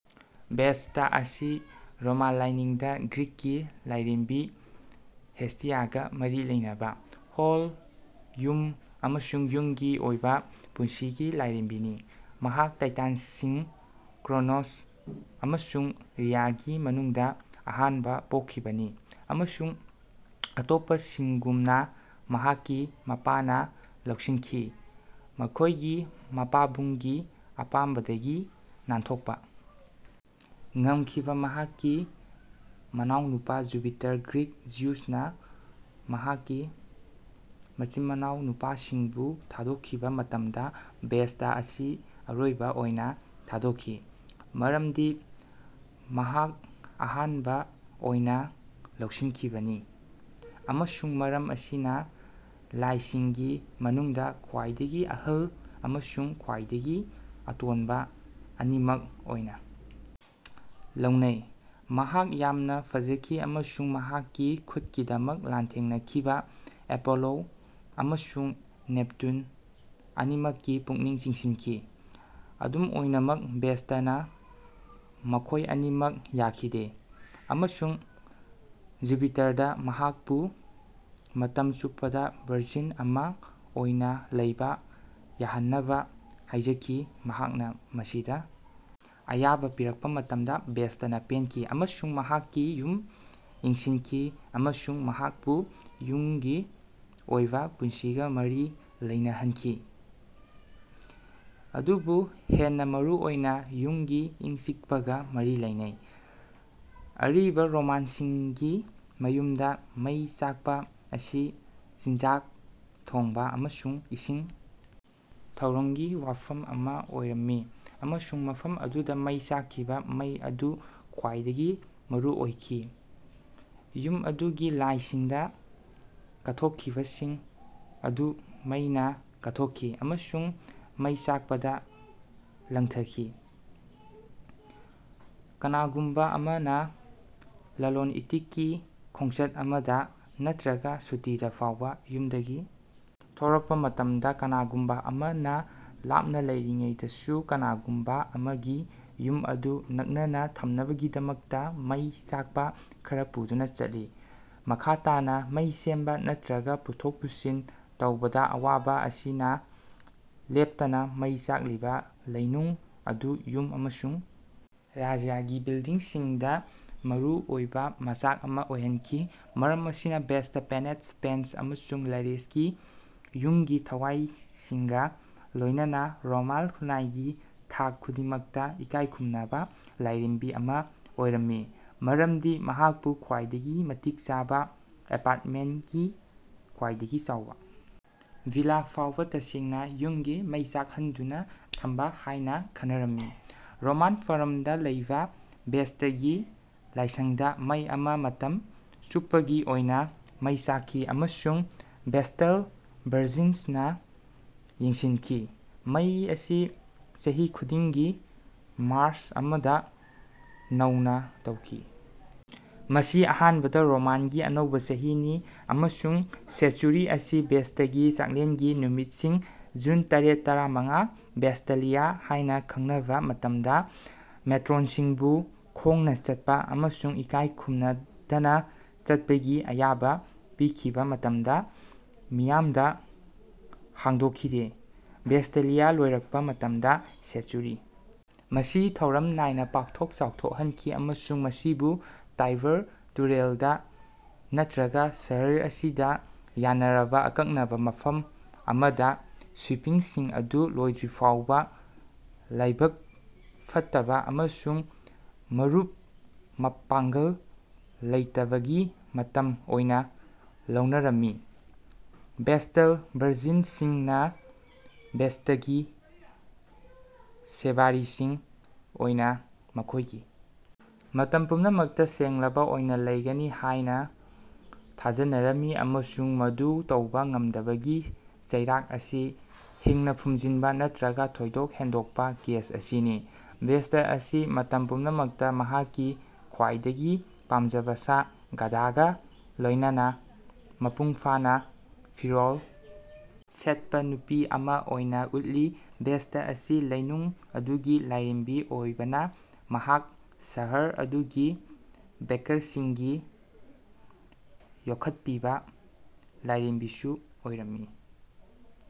Vesta ꯑꯁꯤ Roman ꯂꯥꯏꯅꯤꯡꯗ (ꯒ꯭ꯔꯤꯛꯀꯤ ꯂꯥꯏꯔꯦꯝꯕꯤ ꯍꯦꯁꯇꯤꯌꯥꯒ ꯃꯔꯤ ꯂꯩꯅꯕ) ꯍꯣꯜ, ꯌꯨꯝ ꯑꯃꯁꯨꯡ ꯌꯨꯝꯒꯤ ꯑꯣꯏꯕ ꯄꯨꯟꯁꯤꯒꯤ ꯂꯥꯏꯔꯦꯝꯕꯤꯅꯤ꯫ ꯃꯍꯥꯛ ꯇꯥꯏꯇꯟꯁꯤꯡ ꯀ꯭ꯔꯣꯅꯣꯁ ꯑꯃꯁꯨꯡ ꯔꯤꯌꯥꯒꯤ ꯃꯅꯨꯡꯗ ꯑꯍꯥꯟꯕ ꯄꯣꯛꯈꯤꯕꯅꯤ ꯑꯃꯁꯨꯡ ꯑꯇꯣꯞꯄꯁꯤꯡꯒꯨꯝꯅ ꯃꯍꯥꯛꯀꯤ ꯃꯄꯥꯅ ꯂꯧꯁꯤꯟꯈꯤ꯫ ꯃꯈꯣꯏꯒꯤ ꯃꯄꯥꯕꯨꯡꯒꯤ ꯑꯄꯥꯝꯕꯗꯒꯤ ꯅꯥꯟꯊꯣꯛꯄ ꯉꯝꯈꯤꯕ ꯃꯍꯥꯛꯀꯤ ꯃꯅꯥꯎꯅꯨꯄꯥ ꯖꯨꯄꯤꯇꯔ (ꯒ꯭ꯔꯤꯛ ꯖꯤꯎꯁ)ꯅ ꯃꯍꯥꯛꯀꯤ ꯃꯆꯤꯟ-ꯃꯅꯥꯎ ꯅꯨꯄꯥꯁꯤꯡꯕꯨ ꯊꯥꯗꯣꯛꯈꯤꯕ ꯃꯇꯝꯗ, ꯚꯦꯁꯇꯥ ꯑꯁꯤ ꯑꯔꯣꯏꯕ ꯑꯣꯏꯅ ꯊꯥꯗꯣꯛꯈꯤ (ꯃꯔꯝꯗꯤ ꯃꯍꯥꯛ ꯑꯍꯥꯟꯕ ꯑꯣꯏꯅ ꯂꯧꯁꯤꯟꯈꯤꯕꯅꯤ) ꯑꯃꯁꯨꯡ ꯃꯔꯝ ꯑꯁꯤꯅ ꯂꯥꯏꯁꯤꯡꯒꯤ ꯃꯅꯨꯡꯗ ꯈ꯭ꯋꯥꯏꯗꯒꯤ ꯑꯍꯜ ꯑꯃꯁꯨꯡ ꯈ꯭ꯋꯥꯏꯗꯒꯤ ꯑꯇꯣꯟꯕ ꯑꯅꯤꯃꯛ ꯑꯣꯏꯅ ꯂꯧꯅꯩ꯫ ꯃꯍꯥꯛ ꯌꯥꯝꯅ ꯐꯖꯈꯤ ꯑꯃꯁꯨꯡ ꯃꯍꯥꯛꯀꯤ ꯈꯨꯠꯀꯤꯗꯃꯛ ꯂꯥꯟꯊꯦꯡꯅꯈꯤꯕ ꯑꯦꯄꯣꯂꯣ ꯑꯃꯁꯨꯡ ꯅꯦꯞꯇꯨꯟ ꯑꯅꯤꯃꯛꯀꯤ ꯄꯨꯛꯅꯤꯡ ꯆꯤꯡꯁꯤꯟꯈꯤ꯫ ꯑꯗꯨꯝ ꯑꯣꯏꯅꯃꯛ, ꯚꯦꯁꯇꯥꯅ ꯃꯈꯣꯏ ꯑꯅꯤꯃꯛ ꯌꯥꯈꯤꯗꯦ, ꯑꯃꯁꯨꯡ ꯖꯨꯄꯤꯇꯔꯗ ꯃꯍꯥꯛꯄꯨ ꯃꯇꯝ ꯆꯨꯞꯄꯗ ꯚꯔꯖꯤꯟ ꯑꯃ ꯑꯣꯏꯅ ꯂꯩꯕ ꯌꯥꯍꯟꯅꯕ ꯍꯥꯏꯖꯈꯤ꯫ ꯃꯍꯥꯛꯅ ꯃꯁꯤꯗ ꯑꯌꯥꯕ ꯄꯤꯔꯛꯄ ꯃꯇꯝꯗ, ꯚꯦꯁꯇꯥꯅ ꯄꯦꯟꯈꯤ ꯑꯃꯁꯨꯡ ꯃꯍꯥꯛꯀꯤ ꯌꯨꯝ ꯌꯦꯡꯁꯤꯟꯈꯤ꯫ ꯑꯃꯁꯨꯡ ꯃꯍꯥꯛꯄꯨ ꯌꯨꯝꯒꯤ ꯑꯣꯏꯕ ꯄꯨꯟꯁꯤꯒ ꯃꯔꯤ ꯂꯩꯅꯍꯟꯈꯤ ꯑꯗꯨꯕꯨ ꯍꯦꯟꯅ ꯃꯔꯨꯑꯣꯏꯅ, ꯌꯨꯝꯒꯤ ꯏꯪ-ꯆꯤꯛꯄꯒ ꯃꯔꯤ ꯂꯩꯅꯩ꯫ ꯑꯔꯤꯕ ꯔꯣꯃꯥꯟꯁꯤꯡꯒꯤ ꯃꯌꯨꯝꯗ ꯃꯩ ꯆꯥꯛꯄ ꯑꯁꯤ ꯆꯤꯟꯖꯥꯛ ꯊꯣꯡꯕ ꯑꯃꯁꯨꯡ ꯏꯁꯤꯡ ꯊꯧꯔꯝꯒꯤ ꯃꯐꯝ ꯑꯃ ꯑꯣꯏꯔꯝꯃꯤ ꯑꯃꯁꯨꯡ ꯃꯐꯝ ꯑꯗꯨꯗ ꯃꯩ ꯆꯥꯛꯈꯤꯕ ꯃꯩ ꯑꯗꯨ ꯈ꯭ꯋꯥꯏꯗꯒꯤ ꯃꯔꯨꯑꯣꯏꯈꯤ꯫ ꯌꯨꯝ ꯑꯗꯨꯒꯤ ꯂꯥꯏꯁꯤꯡꯗ ꯀꯠꯊꯣꯛꯈꯤꯕꯁꯤꯡ ꯑꯗꯨ ꯃꯩꯅ ꯀꯠꯊꯣꯛꯈꯤ ꯑꯃꯁꯨꯡ ꯃꯩ ꯆꯥꯛꯄꯗ ꯂꯪꯊꯈꯤ꯫ ꯀꯅꯥꯒꯨꯝꯕ ꯑꯃꯅ ꯂꯂꯣꯟ-ꯏꯇꯤꯛꯀꯤ ꯈꯣꯡꯆꯠ ꯑꯃꯗ, ꯅꯠꯇ꯭ꯔꯒ ꯁꯨꯇꯤꯗ ꯐꯥꯎꯕ ꯌꯨꯝꯗꯒꯤ ꯊꯣꯔꯛꯄ ꯃꯇꯝꯗ, ꯀꯅꯥꯒꯨꯝꯕ ꯑꯃꯅ ꯂꯥꯞꯅ ꯂꯩꯔꯤꯉꯩꯗꯁꯨ ꯀꯅꯥꯒꯨꯝꯕ ꯑꯃꯒꯤ ꯌꯨꯝ ꯑꯗꯨ ꯅꯛꯅꯅ ꯊꯝꯅꯕꯒꯤꯗꯃꯛꯇ ꯃꯩ ꯆꯥꯛꯄ ꯈꯔ ꯄꯨꯗꯨꯅ ꯆꯠꯂꯤ꯫ ꯃꯈꯥ ꯇꯥꯅ, ꯃꯩ ꯁꯦꯝꯕ ꯅꯠꯇ꯭ꯔꯒ ꯄꯨꯊꯣꯛ-ꯄꯨꯁꯤꯟ ꯇꯧꯕꯗ ꯑꯋꯥꯕ ꯑꯁꯤꯅ ꯂꯦꯞꯇꯅ ꯃꯩ ꯆꯥꯛꯂꯤꯕ ꯂꯩꯅꯨꯡ ꯑꯗꯨ ꯌꯨꯝ ꯑꯃꯁꯨꯡ ꯔꯥꯖ꯭ꯌꯒꯤ ꯕꯤꯜꯗꯤꯡꯁꯤꯡꯗ ꯃꯔꯨꯑꯣꯏꯕ ꯃꯆꯥꯛ ꯑꯃ ꯑꯣꯏꯍꯟꯈꯤ꯫ ꯃꯔꯝ ꯑꯁꯤꯅ ꯚꯦꯁꯇꯥ, ꯄꯦꯅꯦꯠꯁ, ꯄꯦꯟꯁ ꯑꯃꯁꯨꯡ ꯂꯥꯔꯦꯁꯀꯤ ꯌꯨꯝꯒꯤ ꯊꯋꯥꯏꯁꯤꯡꯒ ꯂꯣꯏꯅꯅ ꯔꯣꯃꯥꯟ ꯈꯨꯟꯅꯥꯏꯒꯤ ꯊꯥꯛ ꯈꯨꯗꯤꯡꯃꯛꯇ ꯏꯀꯥꯏ ꯈꯨꯝꯅꯕ ꯂꯥꯏꯔꯦꯝꯕꯤ ꯑꯃ ꯑꯣꯏꯔꯝꯃꯤ ꯃꯔꯝꯗꯤ ꯃꯍꯥꯛꯄꯨ ꯈ꯭ꯋꯥꯏꯗꯒꯤ ꯃꯇꯤꯛ ꯆꯥꯕ ꯑꯦꯄꯥ꯭ꯔꯠꯃꯦꯟꯒꯤ ꯈ꯭ꯋꯥꯏꯗꯒꯤ ꯆꯥꯎꯕ ꯚꯤꯂꯥ ꯐꯥꯎꯕ ꯇꯁꯦꯡꯅ "ꯌꯨꯝꯒꯤ ꯃꯩ ꯆꯥꯛꯍꯟꯗꯨꯅ ꯊꯝꯕ"ꯍꯥꯏꯅ ꯈꯟꯅꯔꯝꯃꯤ꯫ ꯔꯣꯃꯥꯟ ꯐꯣꯔꯝꯗ ꯂꯩꯕ ꯚꯦꯁꯇꯥꯒꯤ ꯂꯥꯏꯁꯪꯗ ꯃꯩ ꯑꯃ ꯃꯇꯝ ꯆꯨꯞꯄꯒꯤ ꯑꯣꯏꯅ ꯃꯩ ꯆꯥꯛꯈꯤ ꯑꯃꯁꯨꯡ ꯚꯦꯁꯇꯜ ꯚꯔꯖꯤꯟꯁ ꯅ ꯌꯦꯡꯁꯤꯟꯈꯤ꯫ ꯃꯩ ꯑꯁꯤ ꯆꯍꯤ ꯈꯨꯗꯤꯡꯒꯤ ꯃꯥꯔꯁ ꯑꯃꯗ ꯅꯧꯅ ꯇꯧꯈꯤ (ꯃꯁꯤ ꯑꯍꯥꯟꯕꯗ ꯔꯣꯃꯥꯟꯒꯤ ꯑꯅꯧꯕ ꯆꯍꯤꯅꯤ) ꯑꯃꯁꯨꯡ ꯁꯦꯠꯆꯨꯔꯤ ꯑꯁꯤ ꯚꯦꯁꯇꯥꯒꯤ ꯆꯥꯛꯂꯦꯟꯒꯤ ꯅꯨꯃꯤꯠꯁꯤꯡ (ꯖꯨꯟ ꯇꯔꯦꯠ-ꯇꯔꯥꯃꯉꯥ, ꯚꯦꯁꯇꯥꯂꯤꯌꯥ ꯍꯥꯏꯅ ꯈꯪꯅꯕ) ꯃꯇꯝꯗ ꯃꯦꯇ꯭ꯔꯣꯟꯁꯤꯡꯕꯨ ꯈꯣꯡꯅ ꯆꯠꯄ ꯑꯃꯁꯨꯡ ꯏꯀꯥꯏ ꯈꯨꯝꯅꯗꯅ ꯆꯠꯄꯒꯤ ꯑꯌꯥꯕ ꯄꯤꯈꯤꯕ ꯃꯇꯝꯗ ꯃꯤꯌꯥꯝꯗ ꯍꯥꯡꯗꯣꯛꯈꯤꯗꯦ꯫ ꯚꯦꯁꯇꯥꯂꯤꯌꯥ ꯂꯣꯏꯔꯛꯄ ꯃꯇꯝꯗ ꯁꯦꯟꯆꯨꯔꯤ ꯑꯁꯤ ꯊꯧꯔꯝ ꯅꯥꯏꯅ ꯄꯥꯛꯊꯣꯛ ꯆꯥꯎꯊꯣꯛꯍꯟꯈꯤ ꯑꯃꯁꯨꯡ ꯃꯁꯤꯕꯨ ꯇꯥꯏꯕꯔ ꯇꯨꯔꯦꯜꯗ ꯅꯠꯇ꯭ꯔꯒ ꯁꯍꯔ ꯑꯁꯤꯗ ꯌꯥꯅꯔꯕ ꯑꯀꯛꯅꯕ ꯃꯐꯝ ꯑꯃꯗ ꯁ꯭ꯋꯤꯄꯤꯡꯁꯤꯡ ꯑꯗꯨ ꯂꯣꯏꯁꯤꯟꯗ꯭ꯔꯤꯐꯥꯎꯕ ꯂꯥꯏꯕꯛ ꯐꯠꯇꯕ ꯑꯃꯁꯨꯡ ꯃꯔꯨꯞ-ꯃꯄꯥꯡꯒꯜ ꯂꯩꯇꯕꯒꯤ ꯃꯇꯝ ꯑꯣꯏꯅ ꯂꯧꯅꯔꯝꯃꯤ꯫ ꯚꯦꯁꯇꯜ ꯚꯔꯖꯤꯟꯁꯤꯡꯅ ꯚꯦꯁꯇꯥꯒꯤ ꯁꯦꯕꯥꯔꯤꯁꯤꯡ ꯑꯣꯏꯅ ꯃꯈꯣꯏꯒꯤ ꯃꯇꯝ ꯄꯨꯝꯅꯃꯛꯇ ꯁꯦꯡꯂꯕ ꯑꯣꯏꯅ ꯂꯩꯒꯅꯤ ꯍꯥꯏꯅ ꯊꯥꯖꯅꯔꯝꯃꯤ ꯑꯃꯁꯨꯡ ꯃꯗꯨ ꯇꯧꯕ ꯉꯝꯗꯕꯒꯤ ꯆꯩꯔꯥꯛ ꯑꯁꯤ ꯍꯤꯡꯅ ꯐꯨꯝꯖꯤꯟꯕ ꯅꯠꯇ꯭ꯔꯒ ꯊꯣꯏꯗꯣꯛ ꯍꯦꯟꯗꯣꯛꯄ ꯀꯦꯁ ꯑꯁꯤꯅꯤ꯫ ꯚꯦꯁꯇꯥ ꯑꯁꯤ ꯃꯇꯝ ꯄꯨꯝꯅꯃꯛꯇ ꯃꯍꯥꯛꯀꯤ ꯈ꯭ꯋꯥꯏꯗꯒꯤ ꯄꯥꯝꯖꯕ ꯁꯥ, ꯒꯙꯥꯒ ꯂꯣꯏꯅꯅ ꯃꯄꯨꯡ ꯐꯥꯅ ꯐꯤꯔꯣꯜ ꯁꯦꯠꯄ ꯅꯨꯄꯤ ꯑꯃ ꯑꯣꯏꯅ ꯎꯠꯂꯤ꯫ ꯚꯦꯁꯇꯥ ꯑꯁꯤ ꯂꯩꯅꯨꯡ ꯑꯗꯨꯒꯤ ꯂꯥꯏꯔꯦꯝꯕꯤ ꯑꯣꯏꯕꯅ ꯃꯍꯥꯛ ꯁꯍꯔ ꯑꯗꯨꯒꯤ ꯕꯦꯀꯔꯁꯤꯡꯒꯤ ꯌꯣꯛꯈꯠꯄꯤꯕ ꯂꯥꯏꯔꯦꯝꯕꯤꯁꯨ ꯑꯣꯏꯔꯝꯃꯤ꯫